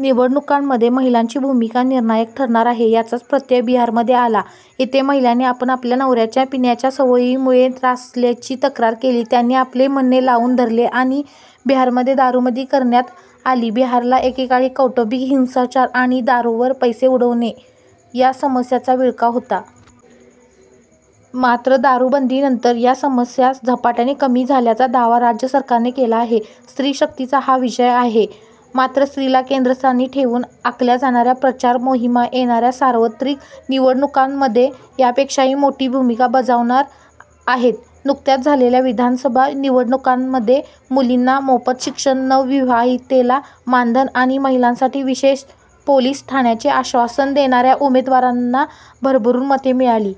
निवडणुकांमध्ये महिलांची भूमिका निर्णायक ठरणार आहे. याचाच प्रत्यय बिहारमध्ये आला. इथे महिलांनी आपण आपल्या नवऱ्याच्या 'पिण्याच्या' सवयीमुळे त्रासल्याची तक्रार केली. त्यांनी आपले म्हणणे लावून धरले आणि बिहारमध्ये दारूबंदी करण्यात आली. बिहारला एकेकाळी कौटुंबिक हिंसाचार आणि दारूवर पैसे उडवणे या समस्यांचा विळखा होता. मात्र दारूबंदीनंतर या समस्या झपाट्याने कमी झाल्याचा दावा राज्य सरकारने केला आहे. स्त्रीशक्तीचा हा विजय आहे. मात्र स्त्रीला केंद्रस्थानी ठेवून आखल्या जाणाऱ्या प्रचार मोहिमा येणाऱ्या सार्वत्रिक निवडणुकांमध्ये यापेक्षाही मोठी भूमिका बजावणार आहेत. नुकत्याच झालेल्या विधानसभा निवडणुकांमध्ये मुलींना मोफत शिक्षण, नवविवाहितेला मानधन आणि महिलांसाठी विशेष पोलीस ठाण्यांचे आश्वासन देणाऱ्या उमेदवारांना भरभरून मते मिळाली.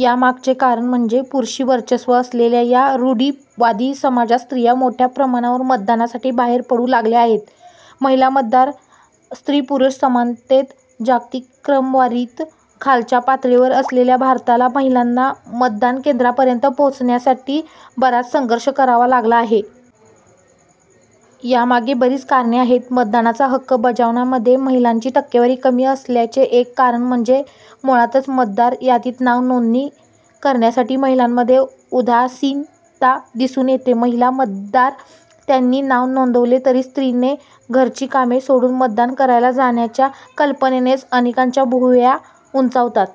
यामागचे कारण म्हणजे पुरुषी वर्चस्व असलेल्या या रूढिवादी समाजात स्त्रिया मोठ्या प्रमाणावर मतदानासाठी बाहेर पडू लागल्या आहेत. महिला मतदार - स्त्री-पुरुष समानतेत जागतिक क्रमवारीत खालच्या पातळीवर असलेल्या भारताला महिलांना मतदानकेंद्रापर्यंत पोहोचवण्यासाठी बराच संघर्ष करावा लागला आहे. यामागे बरीच कारणे आहेत. मतदानाचा हक्क बजावण्यामध्ये महिलांची टक्केवारी कमी असण्याचे एक कारण म्हणजे मुळातच मतदार यादीत नाव नोंदणी करण्यासाठी महिलांमध्ये उदासीनता दिसून येते. महिला मतदार - त्यांनी नाव नोंदवले तरी स्त्रीने घरची कामे सोडून मतदान करायला जाण्याच्या कल्पनेनेच अनेकांच्या भुवया उंचावतात.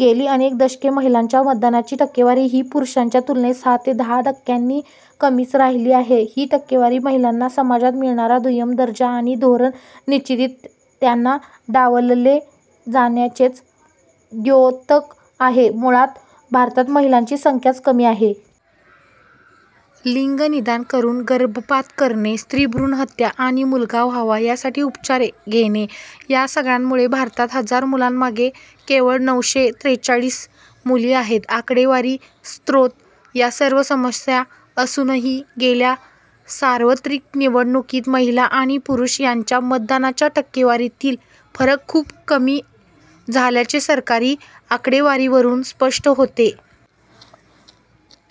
गेली अनेक दशके महिलांच्या मतदानाची टक्केवारी ही पुरुषांच्या तुलनेत सहा ते दहा टक्क्यांनी कमीच राहिली आहे. ही टक्केवारी महिलांना समाजात मिळणारा दुय्यम दर्जा आणि धोरण निश्चितीत त्यांना डावलले जाण्याचेच द्योतक आहे. मुळात भारतात महिलांची संख्याच कमी आहे. लिंगनिदान करून गर्भपात करणे, स्त्रीभ्रूणहत्या आणि मुलगा व्हावा, यासाठी उपचार घेणे, या सगळ्यांमुळे भारतात हजार मुलांमागे केवळ नऊशे त्रेचाळीस मुली आहेत. आकडेवारी स्रोत - या सर्व समस्या असूनही गेल्या सार्वत्रिक निवडणुकीत महिला आणि पुरुष यांच्या मतदानाच्या टक्केवारीतील फरक खूप कमी झाल्याचे सरकारी आकडेवारीवरून स्पष्ट होते.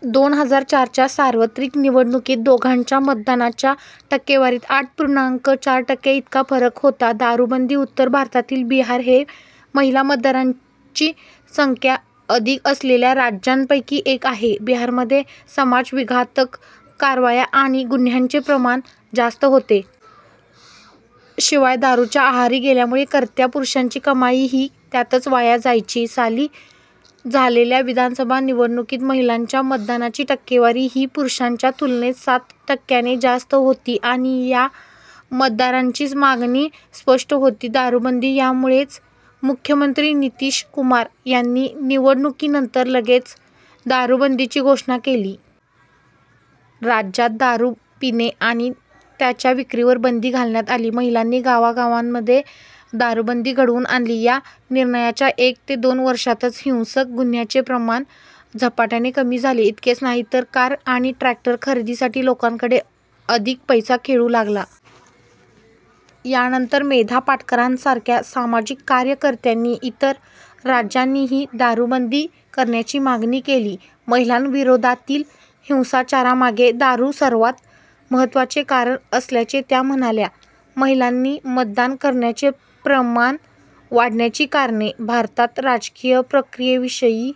दोन हजार चारच्या सार्वत्रिक निवडणुकीत दोघांच्या मतदानाच्या टक्केवारीत आठ पूर्णांक चार टक्के इतका फरक होता. दारूबंदी - उत्तर भारतातील बिहार हे महिला मतदारांची संख्या अधिक असलेल्या राज्यांपैकी एक आहे. बिहारमध्ये समाजविघातक कारवाया आणि गुन्ह्यांचे प्रमाण जास्त होते. शिवाय दारूच्या आहारी गेल्यामुळे कर्त्या पुरुषाची कमाई ही त्यातच वाया जायची. साली झालेल्या विधानसभा निवडणुकीत महिलांच्या मतदानाची टक्केवारी ही पुरुषांच्या तुलनेत सात टक्क्याने जास्त होती आणि या मतदारांची मागणी स्पष्ट होती दारूबंदी यामुळेच मुख्यमंत्री नितीश कुमार यांनी निवडणुकीनंतर लगेच दारूबंदीची घोषणा केली. राज्यात दारू पिणे आणि त्याच्या विक्रीवर बंदी घालण्यात आली. महिलांनी गावागावांमध्ये दारूबंदी घडवून आणली, या निर्णयाच्या एक ते दोन वर्षांतच हिंसक गुन्ह्यांचे प्रमाण झपाट्याने कमी झाले. इतकेच नाही तर कार आणि ट्रॅक्टर खरेदीसाठी लोकांकडे अधिक पैसा खेळू लागला. यानंतर मेधा पाटकरांसारख्या सामाजिक कार्यकर्त्यांनी इतर राज्यांनीही दारूबंदी करण्याची मागणी केली. महिलांविरोधातील हिंसाचारामागे दारू सर्वात महत्त्वाचे कारण असल्याचे त्या म्हणाल्या. महिलांनी मतदान करण्याचे प्रमाण वाढण्याची कारणे - भारतात राजकीय प्रक्रियेविषयी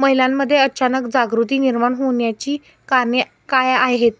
महिलांमध्ये अचानक जागृती निर्माण होण्याची कारणे काय आहेत?